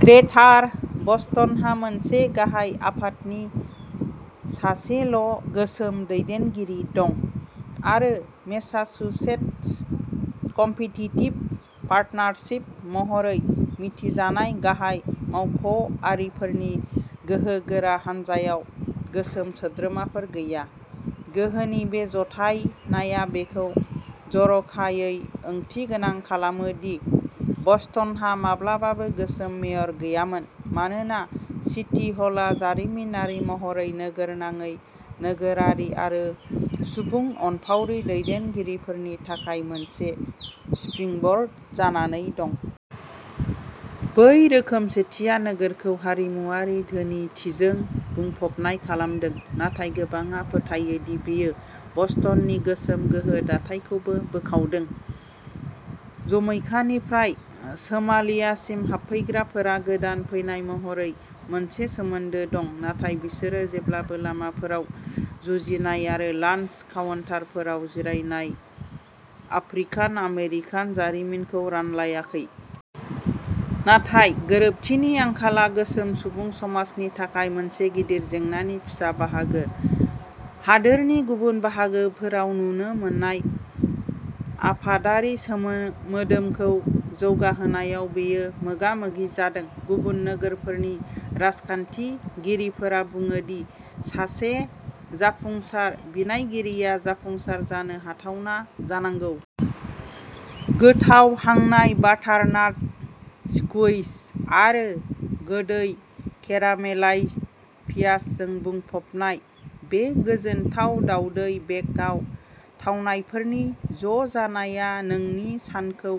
ग्रेटार बस्टनहा मोनसे गाहाय आफादनि सासेल'गोसोम दैदेनगिरि दं। आरो मेसाचुसेट्स कम्पिटिटिभ पार्टनारशिप महरै मिथिजानाय गाहाय मावख'आरिफोरनि गोहोगोरा हानजायाव गोसोम सोद्रोमाफोर गैया। गोहोनि बे ज'थायनाया बेखौ जर'खायै ओंथिगोनां खालामो दि बस्टनहा माब्लाबाबो गोसोम मेयर गैयामोन, मानोना सिटी हलआ जारिमिनारि महरै नोगोरनाङै नोगोरारि आरो सुबुं अनफावरि दैदेनगिरिफोरनि थाखाय मोनसे स्प्रिंबोर्ड जानानै दं। बै रोखोमसेथिया नोगोरखौ हारिमुआरि धोनिथिजों बुंफबनाय खालामदों, नाथाय गोबांआ फोथायो दि बेयो बस्टननि गोसोम गोहो दाथायखौबो बोखावदों। जमैकानिफ्राय सोमालियासिम हाबफैग्राफोरा गोदान फैनाय महरै मोनसे सोमोन्दो दं, नाथाय बिसोरो जेब्लाबो लामाफोराव जुजिनाय आरो लान्स काउन्टारफोराव जिरायनाय आफ्रिकान-आमेरिकान जारिमिनखौ रानलायाखै। नाथाय गोरोबथिनि आंखालआ गोसोम सुबुं समाजनि थाखाय मोनसे गिदिर जेंनानि फिसा बाहागोः हादोरनि गुबुन बाहागोफोराव नुनो मोननाय आफादारि मोदोमखौ जौगाहोनायाव बेयो मोगा-मोगि जादों। गुबुन नोगोरफोरनि राजखान्थिगिरिफोरा बुङो दि सासे जाफुंसार बिनायगिरिया जाफुंसार जानो हाथावना जानांगौ। गोथाव हांनाय बाटारनाट स्क्वैश आरो गोदै केरामेलाइज्ड पियाजजों बुंफबनाय, बे गोजोनथाव दावदै बेकआव थावनायफोरनि ज'जानाया नोंनि सानखौ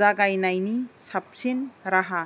जागायनायनि साबसिन राहा।